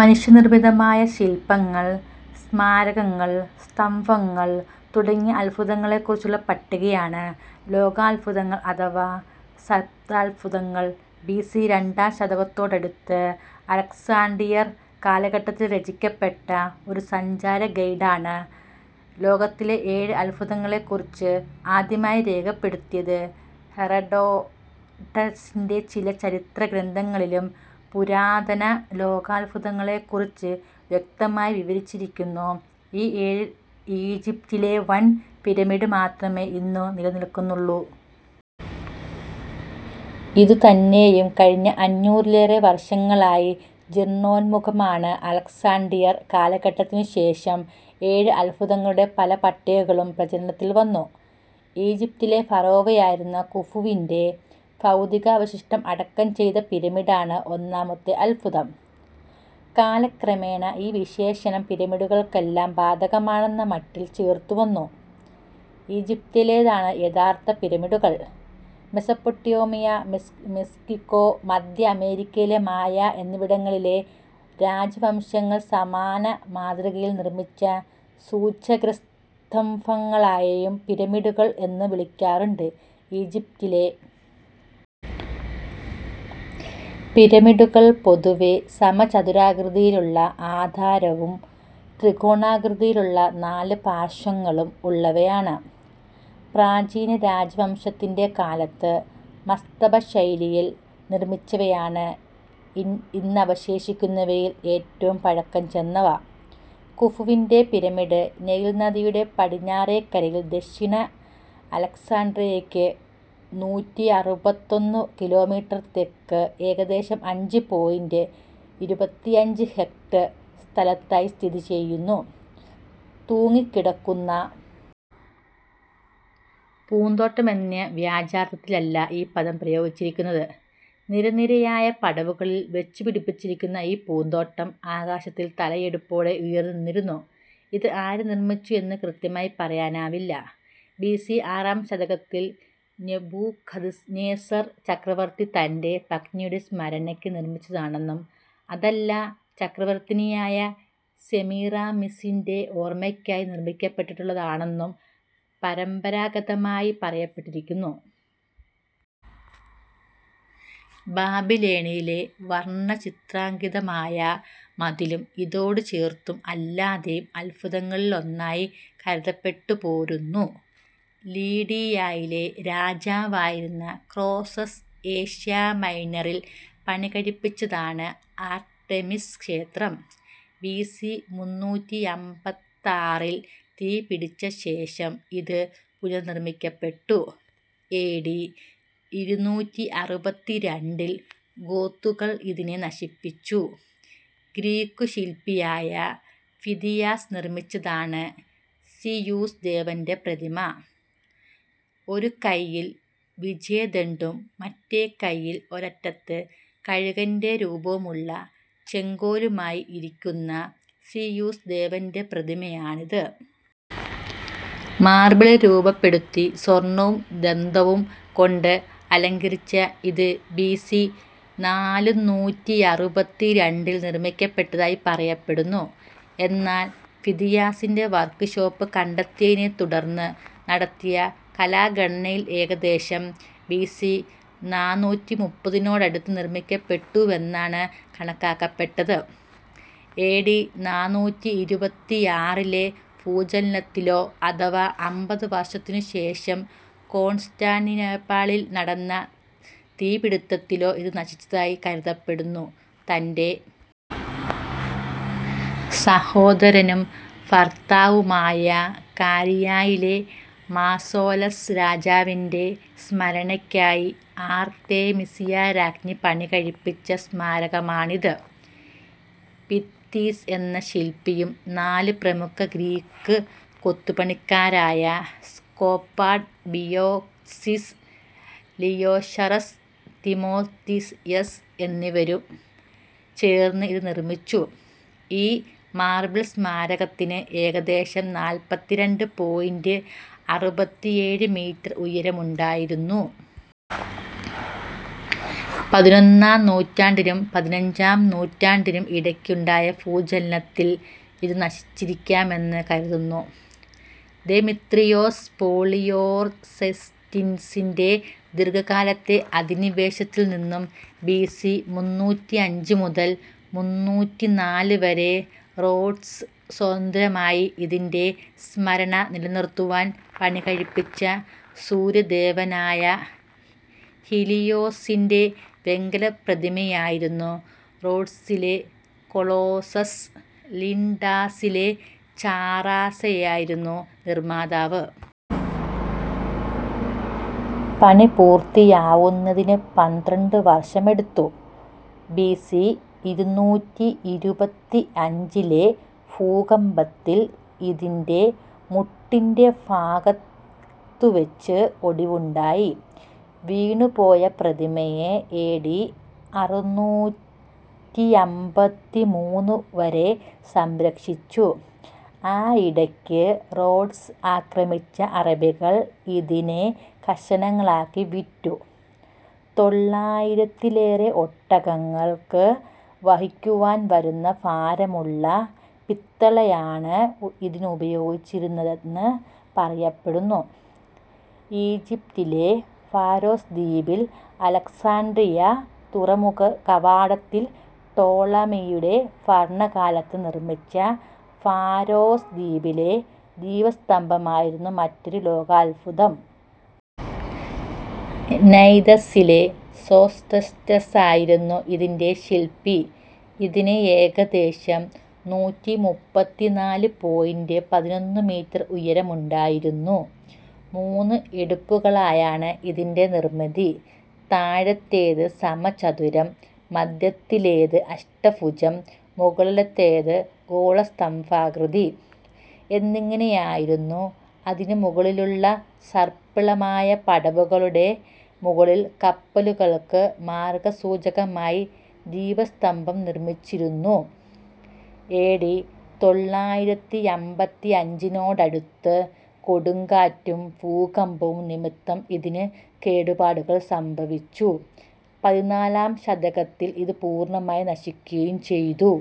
മനുഷ്യനിർമ്മിതമായ ശില്പങ്ങൾ സ്മാരകങ്ങൾ സ്തംഭങ്ങൾ തുടങ്ങിയ അത്ഭുതങ്ങളെക്കുറിച്ചുള്ള പട്ടികയാണ് ലോകാത്ഭുതങ്ങൾ അഥവാ സപ്താത്ഭുതങ്ങൾ. ബി സി രണ്ടാം ശതകത്തോടടുത്ത് അലക്സാൻഡ്രിയൻ കാലഘട്ടത്തിൽ രചിക്കപ്പെട്ട ഒരു സഞ്ചാരഗൈഡാണ് ലോകത്തിലെ ഏഴ് അത്ഭുതങ്ങളെക്കുറിച്ച് ആദ്യമായി രേഖപ്പെടുത്തിയത്. ഹെറഡോട്ടസിന്റെ ചില ചരിത്രഗ്രന്ഥങ്ങളിലും പുരാതന ലോകാത്ഭുതങ്ങളെക്കുറിച്ച് വ്യക്തമായി വിവരിച്ചിരിക്കുന്നു.ഈ ഏഴിൽ ഈജിപ്തിലെ വൻ പിരമിഡ് മാത്രമേ ഇന്നു നിലനിൽക്കുന്നുള്ളൂ. ഇതുതന്നെയും കഴിഞ്ഞ അഞ്ഞൂറിലേറെ വർഷങ്ങളായി ജീർണോന്മുഖമാണ്. അലക്സാൻഡ്രിയൻ കാലഘട്ടത്തിനുശേഷം ഏഴ് അത്ഭുതങ്ങളുടെ പല പട്ടികകളും പ്രചാരത്തിൽ വന്നു. ഈജിപ്തിലെ ഫറവോയായിരുന്ന കുഫുവിന്റെ ഭൗതികാവശിഷ്ടം അടക്കം ചെയ്ത പിരമിഡാണ് ഒന്നാമത്തെ അത്ഭുതം. കാലക്രമേണ ഈ വിശേഷണം പിരമിഡുകൾക്കെല്ലാം ബാധകമാണെന്ന മട്ടിൽ ചേർത്തുവന്നു. ഈജിപ്തിലേതാണ് യഥാർഥ പിരമിഡുകൾ. മെസപ്പൊട്ടേമിയ മെക്സിക്കോ മധ്യ അമേരിക്കയിലെ മായ എന്നിവിടങ്ങളിലെ രാജവംശങ്ങൾ സമാന മാതൃകയിൽ നിർമിച്ച സൂച്യഗ്രസ്തംഭങ്ങളെയും പിരമിഡുകൾ എന്നു വിളിക്കാറുണ്ട്. ഈജിപ്തിലെ പിരമിഡുകൾ പൊതുവേ സമചതുരാകൃതിയിലുള്ള ആധാരവും ത്രികോണാകൃതിയിലുള്ള നാല് പാർശ്വങ്ങളും ഉള്ളവയാണ്. പ്രാചീന രാജവംശത്തിന്റെ കാലത്ത് മാസ്തബശൈലിയിൽ നിർമിച്ചവയാണ് ഇന്നവശേഷിക്കുന്നവയിൽ ഏറ്റവും പഴക്കംചെന്നവ. കുഫുവിന്റെ പിരമിഡ് നൈൽ നദിയുടെ പടിഞ്ഞാറേക്കരയിൽ ദക്ഷിണ അലക്സാൻഡ്രിയയ്ക്ക് നൂറ്ററുപത്തൊന്ന് കിലോമീറ്റർ തെക്ക് ഏകദേശം അഞ്ച് പോയിന്റ് ഇരുപത്തിയഞ്ച് ഹെക്ടർ സ്ഥലത്തായി സ്ഥിതി ചെയ്യുന്നു. തൂങ്ങിക്കിടക്കുന്ന പൂന്തോട്ടം എന്ന വാച്യാർഥത്തിലല്ല ഈ പദം പ്രയോഗിച്ചിരിക്കുന്നത്. നിരനിരയായ പടവുകളിൽ വച്ചുപിടിപ്പിച്ചിരുന്ന ഈ പൂന്തോട്ടം ആകാശത്തിൽ തലയെടുപ്പോടെ ഉയർന്നുനിന്നിരുന്നു. ഇത് ആര് നിർമിച്ചു എന്ന് കൃത്യമായി പറയാനാവില്ല. ബി സി ആറാം ശതകത്തിൽ നെബൂഖദ്നേസർ ചക്രവർത്തി തന്റെ പത്നിയുടെ സ്മരണയ്ക്ക് നിർമിച്ചതാണെന്നും അതല്ല ചക്രവർത്തിനിയായ സെമീറാമിസിന്റെ ഓർമയ്ക്കായി നിർമിക്കപ്പെട്ടിട്ടുള്ളതാണെന്നും പരമ്പരാഗതമായി പറയപ്പെട്ടിരുന്നു. ബാബിലോണിലെ വർണചിത്രാങ്കിതമായ മതിലും ഇതോടുചേർത്തും അല്ലാതെയും അത്ഭുതങ്ങളിലൊന്നായി കരുതപ്പെട്ടുപോരുന്നു. ലിഡിയയിലെ രാജാവായിരുന്ന ക്രോസസ് ഏഷ്യാമൈനറിൽ പണികഴിപ്പിച്ചതാണ് ആർട്ടെമിസ് ക്ഷേത്രം. ബി സി മുന്നൂറ്റിയമ്പത്താറിൽ തീപിടിച്ചശേഷം ഇത് പുനർനിർമിക്കപ്പെട്ടു. എ ഡി ഇരുനൂറ്റിയറുപത്തിരണ്ടിൽ ഗോത്തുകൾ ഇതിനെ നശിപ്പിച്ചു. ഗ്രീക്കു ശില്പിയായ ഫിദിയാസ് നിർമിച്ചതാണ് സീയൂസ് ദേവന്റെ പ്രതിമ. ഒരു കൈയിൽ വിജയദണ്ഡും മറ്റേ കൈയിൽ ഒരറ്റത്ത് കഴുകന്റെ രൂപമുള്ള ചെങ്കോലുമായി ഇരിക്കുന്ന സീയൂസ് ദേവന്റെ പ്രതിമയാണിത്. മാർബിളിൽ രൂപപ്പെടുത്തി സ്വർണവും ദന്തവും കൊണ്ട് അലങ്കരിച്ച ഇത് ബി സി നാലുനൂറ്റിയറുപത്തിരണ്ടിൽ നിർമിക്കപ്പെട്ടതായി പറയപ്പെടുന്നു. എന്നാൽ ഫിദിയാസിന്റെ വർക്ക്‌ഷോപ്പ് കണ്ടെത്തിയതിനെത്തുടർന്ന് നടത്തിയ കാലഗണനയിൽ ഏകദേശം ബി സി നാനൂറ്റിമുപ്പതിനോടടുത്ത് നിർമിക്കപ്പെട്ടുവെന്നാണ് കണക്കാക്കപ്പെട്ടത്. എ ഡി നാനൂറ്റിയിരുപത്തിയാറിലെ ഭൂചലനത്തിലോ അഥവാ അമ്പത് വർഷത്തിനുശേഷം കോൺസ്റ്റാന്റിനോപ്പിളിൽ നടന്ന തീപ്പിടിത്തത്തിലോ ഇത് നശിച്ചതായി കരുതപ്പെടുന്നു. തന്റെ സഹോദരനും ഭർത്താവുമായ കാരിയയിലെ മാസോലസ് രാജാവിന്റെ സ്മരണയ്ക്കായി ആർതെമിസിയാ രാജ്ഞി പണികഴിപ്പിച്ച സ്മാരകമാണിത്. പിത്തിസ് എന്ന ശില്പിയും നാലു പ്രമുഖ ഗ്രീക്ക് കൊത്തുപണിക്കാരായ സ്കോപാസ് ബ്രിയാക്സിസ് ലിയോഷാറസ് തിമോതിയസ് എന്നിവരും ചേർന്ന് ഇത് നിർമിച്ചു. ഈ മാർബിൾ സ്മാരകത്തിന് ഏകദേശം നാല്പത്തിരണ്ട് പോയിന്റ് അറുപത്തിയേഴ് മീറ്റർ ഉയരമുണ്ടായിരുന്നു. പതിനൊന്നാം നൂറ്റാണ്ടിനും പതിനഞ്ചാം നൂറ്റാണ്ടിനും ഇടയ്ക്ക് ഉണ്ടായ ഭൂചലനത്തിൽ ഇത് നശിച്ചിരിക്കാമെന്ന് കരുതുന്നു. ദെമിത്രിയോസ് പോളിയോർസെറ്റിസിന്റെ ദീർഘകാലത്തെ അധിനിവേശത്തിൽനിന്നും ബി സി മുന്നൂറ്റിയഞ്ച് മുതൽ മുന്നൂറ്റിനാല് വരെ റോഡ്സ് സ്വതന്ത്രമായി. ഇതിന്റെ സ്മരണ നിലനിർത്തുവാൻ പണികഴിപ്പിച്ച സൂര്യദേവനായ ഹീലിയോസിന്റെ വെങ്കലപ്രതിമയായിരുന്നു റോഡ്സിലെ കൊളോസസ്. ലിൻഡസിലെ ചാറസായിരുന്നു നിർമാതാവ്. പണിപൂർത്തിയാവുന്നതിന് പന്ത്രണ്ടു വർഷമെടുത്തു.ബി സി ഇരുനൂറ്റിയിരുപത്തിയഞ്ചിലെ ഭൂകമ്പത്തിൽ ഇതിന്റെ മുട്ടിന്റെ ഭാഗത്തുവച്ച് ഒടിവുണ്ടായി. വീണുപോയ പ്രതിമയെ എ ഡി അറുനൂറ്റിയമ്പത്തിമൂന്ന് വരെ സംരക്ഷിച്ചു. ആയിടയ്ക്ക് റോഡ്സ് ആക്രമിച്ച അറബികൾ ഇതിനെ കഷണങ്ങളാക്കി വിറ്റു. തൊള്ളായിരത്തിലേറെ ഒട്ടകങ്ങൾക്ക് വഹിക്കുവാൻ വരുന്ന ഭാരമുള്ള പിത്തളയാണ് ഇതിനുപയോഗിച്ചിരുന്നതെന്ന് പറയപ്പെടുന്നു. ഈജിപ്തിലെ ഫാരോസ് ദ്വീപിൽ അലക്സാണ്ട്രിയ തുറമുഖ കവാടത്തിൽ ടോളമിയുടെ ഭരണകാലത്ത് നിർമിച്ച ഫാരോസ് ദ്വീപിലെ ദീപസ്തംഭമായിരുന്നു മറ്റൊരു ലോകാത്ഭുതം. നൈദസ്സിലെ സോസ്റ്റ്രാറ്റസായിരുന്നു ഇതിന്റെ ശില്പി. ഇതിന് ഏകദേശം നൂറ്റിമുപ്പത്തിനാല് പോയിന്റ് പതിനൊന്ന് മീറ്റർ ഉയരമുണ്ടായിരുന്നു. മൂന്ന് എടുപ്പുകളായാണ് ഇതിന്റെ നിർമിതി. താഴത്തേത് സമചതുരം മധ്യത്തിലേത് അഷ്ടഭുജം മുകളിലത്തേത് ഗോളസ്തംഭാകൃതി എന്നിങ്ങനെയായിരുന്നു. അതിനു മുകളിലുള്ള സർപ്പിളമായ പടവുകളുടെ മുകളിൽ കപ്പലുകൾക്ക് മാർഗസൂചകമായി ദീപസ്തംഭം നിർമിച്ചിരുന്നു. എ ഡി തൊള്ളായിരത്തിയമ്പത്തിയഞ്ചിനോടടുത്ത് കൊടുങ്കാറ്റും ഭൂകമ്പവും നിമിത്തം ഇതിന് കേടുപാടുകൾ സംഭവിച്ചു. പതിനാലാം ശതകത്തിൽ ഇത് പൂർണമായി നശിക്കുകയും ചെയ്തു.